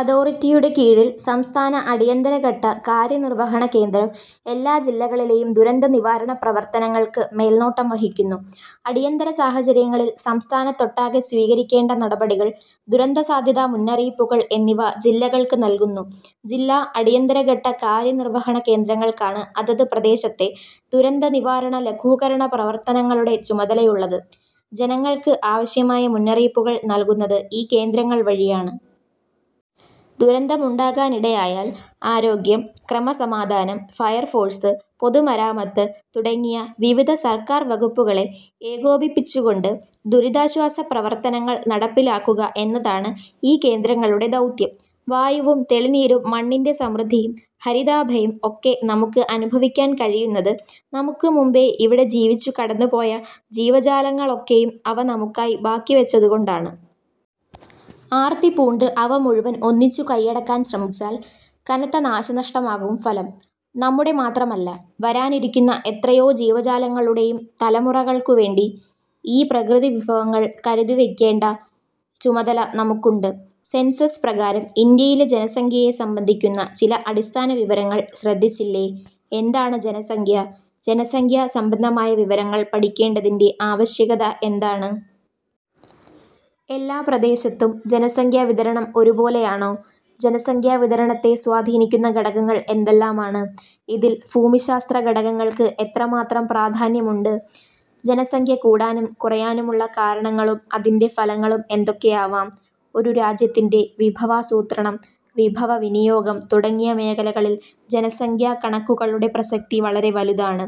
അതോറിറ്റിയുടെ കീഴിൽ സംസ്ഥാന അടിയന്തരഘട്ട കാര്യനിർവഹണ കേന്ദ്രം എല്ലാ ജില്ലകളിലെയും ദുരന്തനിവാരണ പ്രവർത്തനങ്ങൾക്ക് മേൽനോട്ടം വഹിക്കുന്നു. അടിയന്തര സാഹചര്യങ്ങളിൽ സംസ്ഥാനത്തൊട്ടാകെ സ്വീകരിക്കേണ്ട നടപടികൾ, ദുരന്തസാധ്യതാ മുന്നറിയിപ്പുകൾ എന്നിവ ജില്ലകൾക്ക് നൽകുന്നു. ജില്ലാ അടിയന്തരഘട്ട കാര്യനിർവഹണ കേന്ദ്രങ്ങൾക്കാണ് അതത് പ്രദേശത്തെ ദുരന്തനിവാരണ ലഘൂകരണ പ്രവർത്തനങ്ങളുടെ ചുമതലയുള്ളത്. ജനങ്ങൾക്ക് ആവശ്യമായ മുന്നറിയിപ്പുകൾ നൽകുന്നത് ഈ കേന്ദ്രങ്ങൾ വഴിയാണ്. ദുരന്തമുണ്ടാകാനിടയായാൽ ആരോഗ്യം, ക്രമസമാധാനം, ഫയർഫോഴ്സ്, പൊതുമരാമത്ത് തുടങ്ങിയ വിവിധ സർക്കാർ വകുപ്പുകളെ ഏകോപിപ്പിച്ചുകൊണ്ട് ദുരിതാശ്വാസ പ്രവർത്തനങ്ങൾ നടപ്പിലാക്കുക എന്നതാണ് ഈ കേന്ദ്രങ്ങളുടെ ദൗത്യം. വായുവും തെളിനീരും മണ്ണിന്റെ സമൃദ്ധിയും ഹരിതാഭയും ഒക്കെ നമുക്ക് അനുഭവിക്കാൻ കഴിയുന്നത് നമുക്കു മുമ്പേ ഇവിടെ ജീവിച്ചു കടന്നുപോയ ജീവജാലങ്ങളൊക്കെയും അവ നമുക്കായി ബാക്കിവച്ചതുകൊണ്ടാണ്. ആർത്തിപൂണ്ട് അവ മുഴുവൻ ഒന്നിച്ചു കൈയടക്കാൻ ശ്രമിച്ചാൽ കനത്ത നാശനഷ്ടമാകും ഫലം. നമ്മുടെ മാത്രമല്ല, വരാനിരിക്കുന്ന എത്രയോ ജീവജാലങ്ങളുടെയും തലമുറകൾക്കുവേണ്ടി ഈ പ്രകൃതിവിഭവങ്ങൾ കരുതിവയ്ക്കേണ്ട ചുമതല നമുക്കുണ്ട്. സെൻസസ് പ്രകാരം, ഇന്ത്യയിലെ ജനസംഖ്യയെ സംബന്ധിക്കുന്ന ചില അടിസ്ഥാനവിവരങ്ങൾ ശ്രദ്ധിച്ചില്ലേ. എന്താണ് ജനസംഖ്യ? ജനസംഖ്യ സംബന്ധമായ വിവരങ്ങൾ പഠിക്കേണ്ടതിന്റെ ആവശ്യകത എന്താണ്? എല്ലാ പ്രദേശത്തും ജനസംഖ്യാവിതരണം ഒരുപോലെയാണോ? ജനസംഖ്യാവിതരണത്തെ സ്വാധീനിക്കുന്ന ഘടകങ്ങൾ എന്തെല്ലാമാണ്? ഇതിൽ ഭൂമിശാസ്ത്ര ഘടകങ്ങൾക്ക് എത്രമാത്രം പ്രാധാന്യമുണ്ട്? ജനസംഖ്യ കൂടാനും കുറയാനുമുള്ള കാരണങ്ങളും അതിന്റെ ഫലങ്ങളും എന്തൊക്കെയാവാം? ഒരു രാജ്യത്തിന്റെ വിഭവാസൂത്രണം, വിഭവവിനിയോഗം തുടങ്ങിയ മേഖലകളിൽ ജനസംഖ്യാകണക്കുകളുടെ പ്രസക്തി വളരെ വലുതാണ്.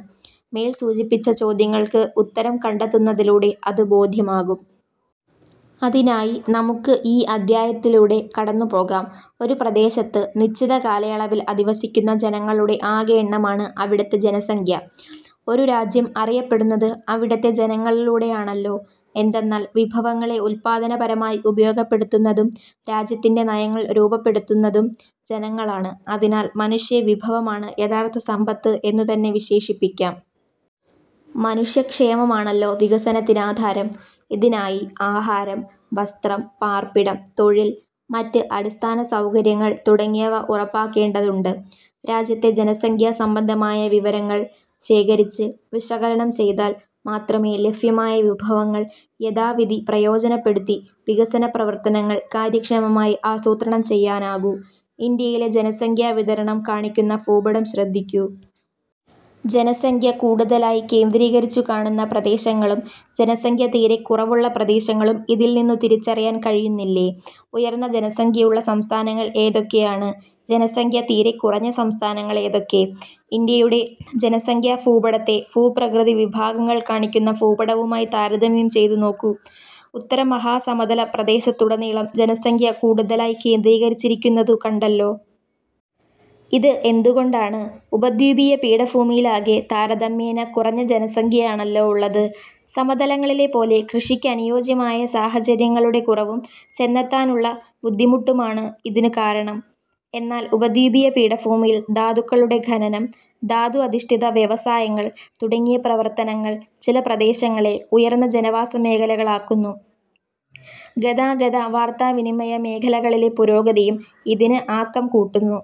മേൽ സൂചിപ്പിച്ച ചോദ്യങ്ങൾക്ക് ഉത്തരം കണ്ടെത്തുന്നതിലൂടെ അത് ബോധ്യമാകും. അതിനായി നമുക്ക് ഈ അധ്യായത്തിലൂടെ കടന്നുപോകാം. ഒരു പ്രദേശത്ത് നിശ്ചിത കാലയളവിൽ അധിവസിക്കുന്ന ജനങ്ങളുടെ ആകെ എണ്ണമാണ് അവിടത്തെ ജനസംഖ്യ. ഒരു രാജ്യം അറിയപ്പെടുന്നത് അവിടത്തെ ജനങ്ങളിലൂടെയാണല്ലോ. എന്തെന്നാൽ, വിഭവങ്ങളെ ഉൽപ്പാദനപരമായി ഉപയോഗപ്പെടുത്തുന്നതും രാജ്യത്തിന്റെ നയങ്ങൾ രൂപപ്പെടുത്തുന്നതും ജനങ്ങളാണ്. അതിനാൽ മനുഷ്യവിഭവമാണ് യഥാർഥ സമ്പത്ത് എന്നുതന്നെ വിശേഷിപ്പിക്കാം. മനുഷ്യക്ഷേമമാണല്ലോ വികസനത്തിന് ആധാരം. ഇതിനായി ആഹാരം, വസ്ത്രം, പാർപ്പിടം. തൊഴിൽ, മറ്റ് അടിസ്ഥാനസൗകര്യങ്ങൾ തുടങ്ങിയവ ഉറപ്പാക്കേണ്ടതുണ്ട്. രാജ്യത്തെ ജനസംഖ്യാസംബന്ധമായ വിവരങ്ങൾ ശേഖരിച്ച് വിശകലനം ചെയ്താൽ മാത്രമേ ലഭ്യമായ വിഭവങ്ങൾ യഥാവിധി പ്രയോജനപ്പെടുത്തി വികസന പ്രവർത്തനങ്ങൾ കാര്യക്ഷമമായി ആസൂത്രണം ചെയ്യാനാകൂ. ഇന്ത്യയിലെ ജനസംഖ്യാവിതരണം കാണിക്കുന്ന ഭൂപടം ശ്രദ്ധിക്കു. ജനസംഖ്യ കൂടുതലായി കേന്ദ്രീകരിച്ചു കാണുന്ന പ്രദേശങ്ങളും ജനസംഖ്യ തീരെ കുറവുള്ള പ്രദേശങ്ങളും ഇതിൽനിന്നു തിരിച്ചറിയാൻ കഴിയുന്നില്ലേ? ഉയർന്ന ജനസംഖ്യയുള്ള സംസ്ഥാനങ്ങൾ ഏതൊക്കെയാണ്? ജനസംഖ്യ തീരെ കുറഞ്ഞ സംസ്ഥാനങ്ങൾ ഏതൊക്കെ? ഇന്ത്യയുടെ ജനസംഖ്യാഭൂപടത്തെ ഭൂപ്രകൃതി വിഭാഗങ്ങൾ കാണിക്കുന്ന ഭൂപടവുമായി താരതമ്യം ചെയ്തുനോക്കൂ. ഉത്തരമഹാസമതല പ്രദേശത്തുടനീളം ജനസംഖ്യ കൂടുതലായി കേന്ദ്രീകരിച്ചിരിക്കുന്നതു കണ്ടല്ലോ. ഇത് എന്തുകൊണ്ടാണ്? ഉപദ്വീപിയ പീഠഭൂമിയിലാകെ താരതമ്യേന കുറഞ്ഞ ജനസംഖ്യയാണല്ലോ ഉള്ളത്. സമതലങ്ങളിലെ പോലെ കൃഷിക്ക് അനുയോജ്യമായ സാഹചര്യങ്ങളുടെ കുറവും ചെന്നെത്താനുള്ള ബുദ്ധിമുട്ടുമാണ് ഇതിനു കാരണം. എന്നാൽ ഉപദ്വീപീയ പീഠഭൂമിയിൽ ധാതുക്കളുടെ ഖനനം, ധാതു അധിഷ്ഠിത വ്യവസായങ്ങൾ തുടങ്ങിയ പ്രവർത്തനങ്ങൾ ചില പ്രദേശങ്ങളെ ഉയർന്ന ജനവാസമേഖലകളാക്കുന്നു. ഗതാഗത-വാർത്താവിനിമയ മേഖല കളിലെ പുരോഗതിയും ഇതിന് ആക്കം കൂട്ടുന്നു.